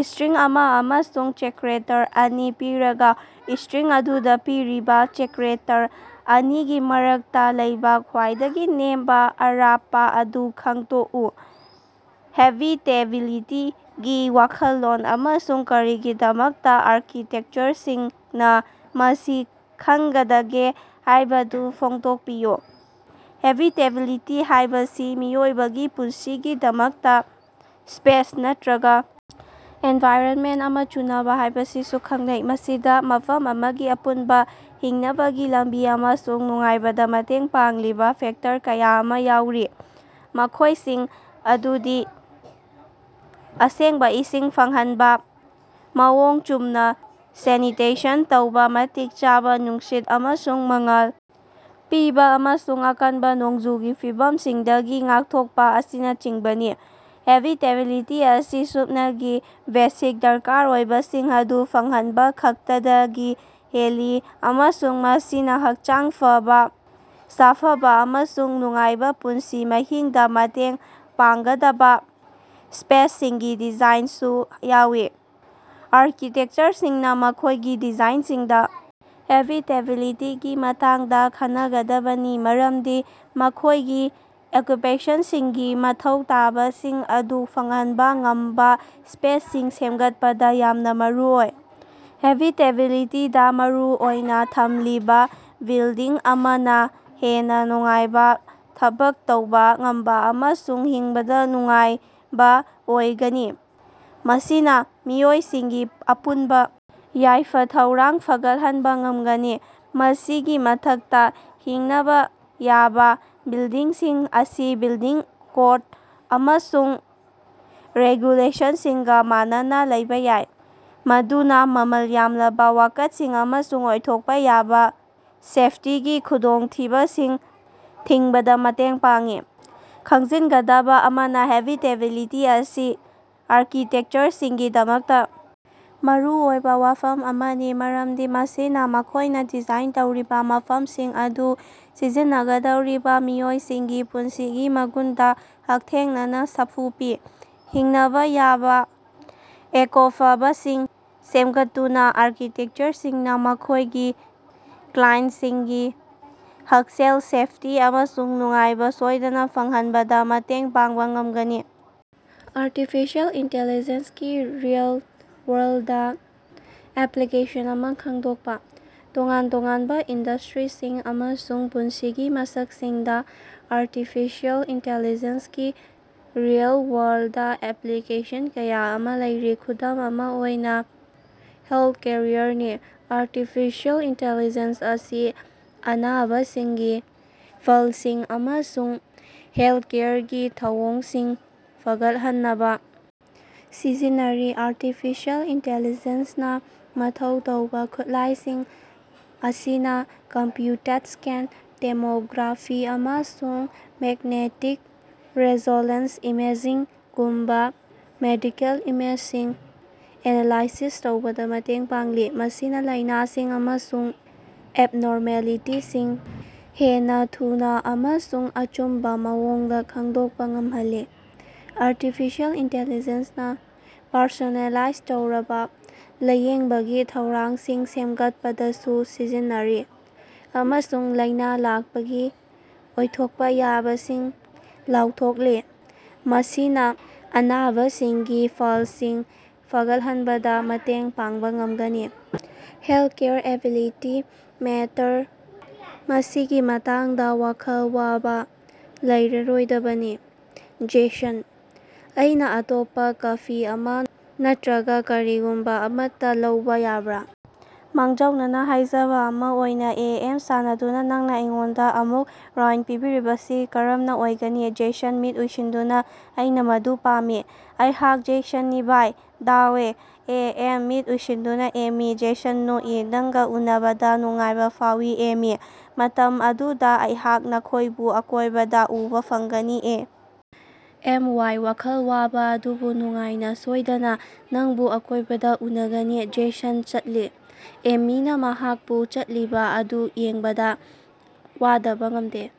String ꯑꯃ ꯑꯃꯁꯨꯡ character ꯑꯅꯤ ꯄꯤꯔꯒ, ꯁ꯭ꯇꯔꯤꯡ ꯑꯗꯨꯗ ꯄꯤꯔꯤꯕ ꯆꯦꯛꯔꯦꯇꯔ ꯑꯅꯤꯒꯤ ꯃꯔꯛꯇ ꯂꯩꯕ ꯈ꯭ꯋꯥꯏꯗꯒꯤ ꯅꯦꯝꯕ ꯑꯔꯥꯞꯄ ꯑꯗꯨ ꯈꯪꯗꯣꯛꯎ꯫ "ꯍꯦꯕꯤꯇꯦꯕꯤꯂꯤꯇꯤ"ꯒꯤ ꯋꯥꯈꯜꯂꯣꯟ ꯑꯃꯁꯨꯡ ꯀꯔꯤꯒꯤꯗꯃꯛꯇ ꯑꯥꯔꯀꯤꯇꯦꯛꯆꯔꯁꯤꯡꯅ ꯃꯁꯤ ꯈꯟꯅꯒꯗꯒꯦ ꯍꯥꯏꯕꯗꯨ ꯐꯣꯡꯗꯣꯛꯄꯤꯌꯨ꯫ ꯍꯦꯕꯤꯇꯦꯕꯤꯂꯤꯇꯤ ꯍꯥꯏꯕꯁꯤ ꯃꯤꯑꯣꯏꯕꯒꯤ ꯄꯨꯟꯁꯤꯒꯤꯗꯃꯛꯇ ꯁ꯭ꯄꯦꯁ ꯅꯠꯇ꯭ꯔꯒ ꯑꯦꯟꯚꯥꯏꯔꯟꯃꯦꯟꯇ ꯑꯃ ꯆꯨꯅꯕ ꯍꯥꯏꯕꯁꯤꯕꯨ ꯈꯪꯅꯩ꯫ ꯃꯁꯤꯗ ꯃꯐꯝ ꯑꯃꯒꯤ ꯑꯄꯨꯟꯕ ꯍꯤꯡꯅꯕꯒꯤ ꯂꯝꯕꯤ ꯑꯃꯁꯨꯡ ꯅꯨꯡꯉꯥꯏꯕꯗ ꯃꯇꯦꯡ ꯄꯥꯡꯂꯤꯕ ꯐꯦꯛꯇꯔ ꯀꯌꯥ ꯑꯃ ꯌꯥꯎꯔꯤ, ꯃꯈꯣꯏꯁꯤꯡ ꯑꯗꯨꯗꯤ ꯑꯁꯦꯡꯕ ꯏꯁꯤꯡ ꯐꯪꯍꯟꯕ, ꯃꯑꯣꯡ ꯆꯨꯝꯅ ꯁꯦꯅꯤꯇꯦꯁꯟ ꯇꯧꯕ, ꯃꯇꯤꯛ ꯆꯥꯕ ꯅꯨꯡꯁꯤꯠ ꯑꯃꯁꯨꯡ ꯃꯉꯥꯜ ꯄꯤꯕ, ꯑꯃꯁꯨꯡ ꯑꯀꯟꯕ ꯅꯣꯡꯖꯨꯒꯤ ꯐꯤꯕꯝꯁꯤꯡꯗꯒꯤ ꯉꯥꯛꯊꯣꯛꯄ ꯑꯁꯤꯅꯆꯤꯡꯕꯅꯤ꯫ ꯍꯦꯕꯤꯇꯦꯕꯤꯂꯤꯇꯤ ꯑꯁꯤ ꯁꯨꯞꯅꯒꯤ ꯕꯦꯁꯤꯛ ꯗꯔꯀꯥꯔ ꯑꯣꯏꯕꯁꯤꯡ ꯑꯗꯨ ꯐꯪꯍꯟꯕꯈꯛꯇꯗꯒꯤ ꯍꯦꯜꯂꯤ ꯑꯃꯁꯨꯡ ꯃꯁꯤꯅ ꯍꯛꯆꯥꯡ ꯐꯕ, ꯁꯥꯐꯕ ꯑꯃꯁꯨꯡ ꯅꯨꯡꯉꯥꯏꯕ ꯄꯨꯟꯁꯤ ꯃꯍꯤꯡꯗ ꯃꯇꯦꯡ ꯄꯥꯡꯒꯗꯕ ꯁ꯭ꯄꯦꯁꯁꯤꯡꯒꯤ ꯗꯤꯖꯥꯏꯟꯁꯨ ꯌꯥꯎꯏ꯫ ꯑꯥꯔꯀꯤꯇꯦꯛꯆꯔꯁꯤꯡꯅ ꯃꯈꯣꯏꯒꯤ ꯗꯤꯖꯥꯏꯟꯁꯤꯡꯗ ꯍꯦꯕꯤꯇꯦꯕꯤꯂꯤꯇꯤꯒꯤ ꯃꯇꯥꯡꯗ ꯈꯟꯅꯒꯗꯕꯅꯤ ꯃꯔꯝꯗꯤ ꯃꯈꯣꯏꯒꯤ ꯑꯦꯀ꯭ꯌꯨꯄꯦꯁꯟꯇꯁꯤꯡꯒꯤ ꯃꯊꯧ ꯇꯥꯕꯁꯤꯡ ꯑꯗꯨ ꯐꯪꯍꯟꯕ ꯉꯝꯕ ꯁ꯭ꯄꯦꯁꯁꯤꯡ ꯁꯦꯝꯒꯠꯄꯗ ꯌꯥꯝꯅ ꯃꯔꯨꯑꯣꯏ꯫ ꯍꯦꯕꯤꯇꯦꯕꯤꯂꯤꯇꯤꯗ ꯃꯔꯨ ꯑꯣꯏꯅ ꯊꯝꯂꯤꯕ ꯕꯤꯜꯗꯤꯡ ꯑꯃꯅ ꯍꯦꯟꯅ ꯅꯨꯡꯉꯥꯏꯕ, ꯊꯕꯛ ꯇꯧꯕ ꯉꯝꯕ ꯑꯃꯁꯨꯡ ꯍꯤꯡꯕꯗ ꯅꯨꯡꯉꯥꯏꯕ ꯑꯣꯏꯒꯅꯤ, ꯃꯁꯤꯅ ꯃꯤꯑꯣꯏꯁꯤꯡꯒꯤ ꯑꯄꯨꯟꯕ ꯌꯥꯏꯐ-ꯊꯧꯔꯥꯡ ꯐꯒꯠꯍꯟꯕ ꯉꯝꯒꯅꯤ꯫ ꯃꯁꯤꯒꯤ ꯃꯊꯛꯇ ꯍꯤꯡꯅꯕ ꯌꯥꯕ ꯕꯤꯜꯗꯤꯡꯁꯤꯡ ꯑꯁꯤ ꯕꯤꯜꯗꯤꯡ ꯀꯣꯗ ꯑꯃꯁꯨꯡ ꯔꯦꯒꯨꯂꯦꯁꯟꯁꯤꯡꯒ ꯃꯥꯟꯅꯅ ꯂꯩꯕ ꯌꯥꯏ, ꯃꯗꯨꯅ ꯃꯃꯜ ꯌꯥꯝꯂꯕ ꯋꯥꯀꯠꯁꯤꯡ ꯑꯃꯁꯨꯡ ꯑꯣꯏꯊꯣꯛꯄ ꯌꯥꯕ ꯁꯦꯐꯇꯤꯒꯤ ꯈꯨꯗꯣꯡꯊꯤꯕꯁꯤꯡ ꯊꯤꯡꯕꯗ ꯃꯇꯦꯡ ꯄꯥꯡꯏ꯫ ꯈꯪꯖꯤꯟꯒꯗꯕ ꯑꯃꯅ, ꯍꯦꯕꯤꯇꯦꯕꯤꯂꯤꯇꯤ ꯑꯁꯤ ꯑꯥꯔꯀꯤꯇꯦꯛꯆꯔꯒꯤꯗꯃꯛꯇ ꯃꯔꯨꯑꯣꯏꯕ ꯋꯥꯐꯝ ꯑꯃꯅꯤ ꯃꯔꯝꯗꯤ ꯃꯁꯤꯅ ꯃꯈꯣꯏꯅ ꯗꯤꯖꯥꯏꯟ ꯇꯧꯔꯤꯕ ꯃꯐꯝꯁꯤꯡ ꯑꯗꯨ ꯁꯤꯖꯤꯟꯅꯒꯗꯧꯔꯤꯕ ꯃꯤꯑꯣꯏꯁꯤꯡꯒꯤ ꯄꯨꯟꯁꯤꯒꯤ ꯃꯒꯨꯟꯗ ꯍꯛꯊꯦꯡꯅꯅ ꯁꯥꯐꯨ ꯄꯤ꯫ ꯍꯤꯡꯅꯕ ꯌꯥꯕ ꯑꯀꯣꯐꯕꯁꯤꯡ ꯁꯦꯝꯒꯠꯇꯨꯅ ꯑꯥꯔꯀꯤꯇꯦꯛꯆꯔꯁꯤꯡꯅ ꯃꯈꯣꯏꯒꯤ ꯀ꯭ꯂꯥꯏꯟꯇꯁꯤꯡꯒꯤ ꯍꯛꯁꯦꯜ, ꯁꯦꯐꯇꯤ ꯑꯃꯁꯨꯡ ꯅꯨꯡꯉꯥꯏꯕ ꯁꯣꯏꯗꯅ ꯐꯪꯍꯟꯕꯗ ꯃꯇꯦꯡ ꯄꯥꯡꯕ ꯉꯝꯒꯅꯤ꯫ ꯑꯥꯔꯇꯤꯐꯤꯁ꯭ꯌꯜ ꯏꯟꯇꯦꯂꯤꯖꯦꯟꯁ ꯀꯤ ꯔꯤꯑꯦꯜ-ꯋꯥꯔꯜꯗ ꯑꯦꯄ꯭ꯂꯤꯀꯦꯁꯟ ꯑꯃ ꯈꯪꯗꯣꯛꯄ꯫ ꯇꯣꯉꯥꯟ-ꯇꯣꯉꯥꯟꯕ ꯏꯟꯗꯁꯇ꯭ꯔꯤꯁꯤꯡ ꯑꯃꯁꯨꯡ ꯄꯨꯟꯁꯤꯒꯤ ꯃꯁꯛꯁꯤꯡꯗ ꯑꯥꯔꯇꯤꯐꯤꯁ꯭ꯌꯜ ꯏꯟꯇꯦꯂꯤꯖꯦꯟꯁ ꯒꯤ ꯔꯤꯑꯦꯜ-ꯋꯥꯔꯜꯗ ꯑꯦꯄ꯭ꯂꯤꯀꯦꯁꯟ ꯀꯌꯥ ꯑꯃ ꯂꯩꯔꯤ꯫ ꯈꯨꯗꯝ ꯑꯃ ꯑꯣꯏꯅ ꯍꯦꯜꯊꯀꯦꯌꯔꯅꯤ: ꯑꯥꯔꯇꯤꯐꯤꯁꯤꯑꯦꯜ ꯏꯟꯇꯤꯂꯤꯖꯦꯟꯁ ꯑꯁꯤ ꯑꯅꯥꯕꯁꯤꯡꯒꯤ ꯐꯜꯁꯤꯡ ꯑꯃꯁꯨꯡ ꯍꯦꯜꯊꯀꯦꯌꯔꯒꯤ ꯊꯧꯑꯣꯡꯁꯤꯡ ꯐꯒꯠꯍꯟꯅꯕ ꯁꯤꯖꯤꯟꯅꯔꯤ꯫ ꯑꯥꯔꯇꯤꯐꯤꯁ꯭ꯌꯜ ꯏꯟꯇꯦꯂꯤꯖꯦꯟꯁꯅ ꯃꯊꯧ ꯇꯧꯕ ꯈꯨꯠꯂꯥꯏꯁꯤꯡ ꯑꯁꯤꯅ ꯀꯝꯄ꯭ꯌꯨꯇꯦꯗꯁ꯭ꯀꯦꯟ ꯇꯦꯃꯣꯒ꯭ꯔꯥꯐꯤ ꯑꯃꯁꯨꯡ ꯃꯦꯛꯅꯦꯇꯤꯛ ꯔꯤꯖꯣꯂꯦꯟꯁ ꯏꯃꯦꯓꯤꯡ ꯒꯨꯝꯕ ꯃꯦꯗꯤꯀꯦꯜ ꯏꯃꯦꯖꯁꯤꯡ ꯑꯦꯅꯂꯥꯏꯁꯤꯁ ꯇꯧꯕꯗ ꯃꯇꯦꯡ ꯄꯥꯡꯂꯤ, ꯃꯁꯤꯅ ꯂꯥꯏꯅꯥꯁꯤꯡ ꯑꯃꯁꯨꯡ ꯑꯦꯕꯅꯣꯔꯃꯦꯂꯤꯇꯤꯁꯤꯡ ꯍꯦꯟꯅ ꯊꯨꯅ ꯑꯃꯁꯨꯡ ꯑꯆꯨꯝꯕ ꯃꯑꯣꯡꯗ ꯈꯪꯗꯣꯛꯄ ꯉꯝꯍꯜꯂꯤ꯫ ꯑꯥꯔꯇꯤꯐꯤꯁ꯭ꯌꯜ ꯏꯟꯇꯦꯂꯤꯖꯦꯟꯁꯅ ꯄꯔꯁꯣꯅꯦꯂꯥꯏꯖ ꯇꯧꯔꯕ ꯂꯥꯌꯦꯡꯕꯒꯤ ꯊꯧꯔꯥꯡꯁꯤꯡ ꯁꯦꯝꯒꯠꯄꯗꯁꯨ ꯁꯤꯖꯤꯟꯅꯔꯤ ꯑꯃꯁꯨꯡ ꯂꯥꯏꯅꯥ ꯂꯥꯛꯄꯒꯤ ꯑꯣꯏꯊꯣꯛꯄ ꯌꯥꯕꯁꯤꯡ ꯂꯥꯎꯊꯣꯛꯂꯤ, ꯃꯁꯤꯅ ꯑꯅꯥꯕꯁꯤꯡꯒꯤ ꯐꯜꯁꯤꯡ ꯐꯒꯠꯍꯟꯕꯗ ꯃꯇꯦꯡ ꯄꯥꯡꯕ ꯉꯝꯒꯅꯤ꯫ ꯍꯦꯜꯊꯀꯦꯌꯔꯗ ꯑꯦꯕꯤꯂꯤꯇꯤ ꯃꯦꯇꯔ ꯃꯁꯤꯒꯤ ꯃꯇꯥꯡꯗ ꯋꯥꯈꯜ ꯋꯥꯕ ꯂꯩꯔꯣꯏꯗꯕꯅꯤ꯫ ꯖꯦꯁꯟ: ꯑꯩꯅ ꯑꯇꯣꯞꯄ ꯀꯐꯤ ꯑꯃ ꯅꯠꯇ꯭ꯔꯒ ꯀꯔꯤꯒꯨꯝꯕ ꯑꯃꯠꯇ ꯂꯧꯕ ꯌꯥꯕ꯭ꯔ? ꯃꯥꯡꯖꯧꯅꯅ ꯍꯥꯏꯖꯕ ꯑꯃ ꯑꯣꯏꯅ? ꯑꯦ. ꯑꯦꯝ.: (ꯁꯥꯟꯅꯗꯨꯅꯥ) ꯅꯪꯅ ꯑꯩꯉꯣꯟꯗ ꯑꯃꯨꯛ ꯔ꯭ꯏꯟ ꯄꯤꯕꯤꯕꯁꯤ ꯀꯔꯝꯅ ꯑꯣꯏꯒꯅꯤ? ꯖꯦꯁꯟ: (ꯃꯤꯠ ꯎꯏꯁꯤꯟꯗꯨꯅ) ꯑꯩꯅ ꯃꯗꯨ ꯄꯥꯝꯃꯤ꯫ ꯑꯩꯍꯥꯛ ꯖꯦꯁꯟꯅꯤ by the way. A. M.: (ꯃꯤꯠ ꯎꯏꯁꯤꯟꯗꯨꯅ) ꯑꯦꯃꯤ꯫ ꯖꯦꯁꯟ: (ꯅꯣꯛꯏ) ꯅꯪꯒ ꯎꯅꯕꯗ ꯅꯨꯡꯉꯥꯏꯕ ꯐꯥꯎꯏ, ꯑꯦꯃꯤ꯫ ꯃꯇꯝ ꯑꯗꯨꯗ ꯑꯩꯍꯥꯛ ꯅꯈꯣꯏꯕꯨ ꯑꯀꯣꯏꯕꯗ ꯎꯕ ꯐꯪꯒꯅꯤ꯫ ꯑꯦ. ꯑꯦꯝ. ꯋꯥꯏ.: (ꯋꯥꯈꯜ ꯋꯥꯕ ꯑꯗꯨꯕꯨ ꯅꯨꯡꯉꯥꯏꯅ) ꯁꯣꯏꯗꯅ, ꯅꯪꯕꯨ ꯑꯀꯣꯏꯕꯗ ꯎꯅꯒꯅꯤ꯫ ꯖꯦꯁꯟ ꯆꯠꯂꯤ, ꯑꯦꯃꯤꯅ ꯃꯍꯥꯛꯄꯨ ꯆꯠꯂꯤꯕ ꯑꯗꯨ ꯌꯦꯡꯕꯗ ꯋꯥꯗꯕ ꯉꯝꯗꯦ꯫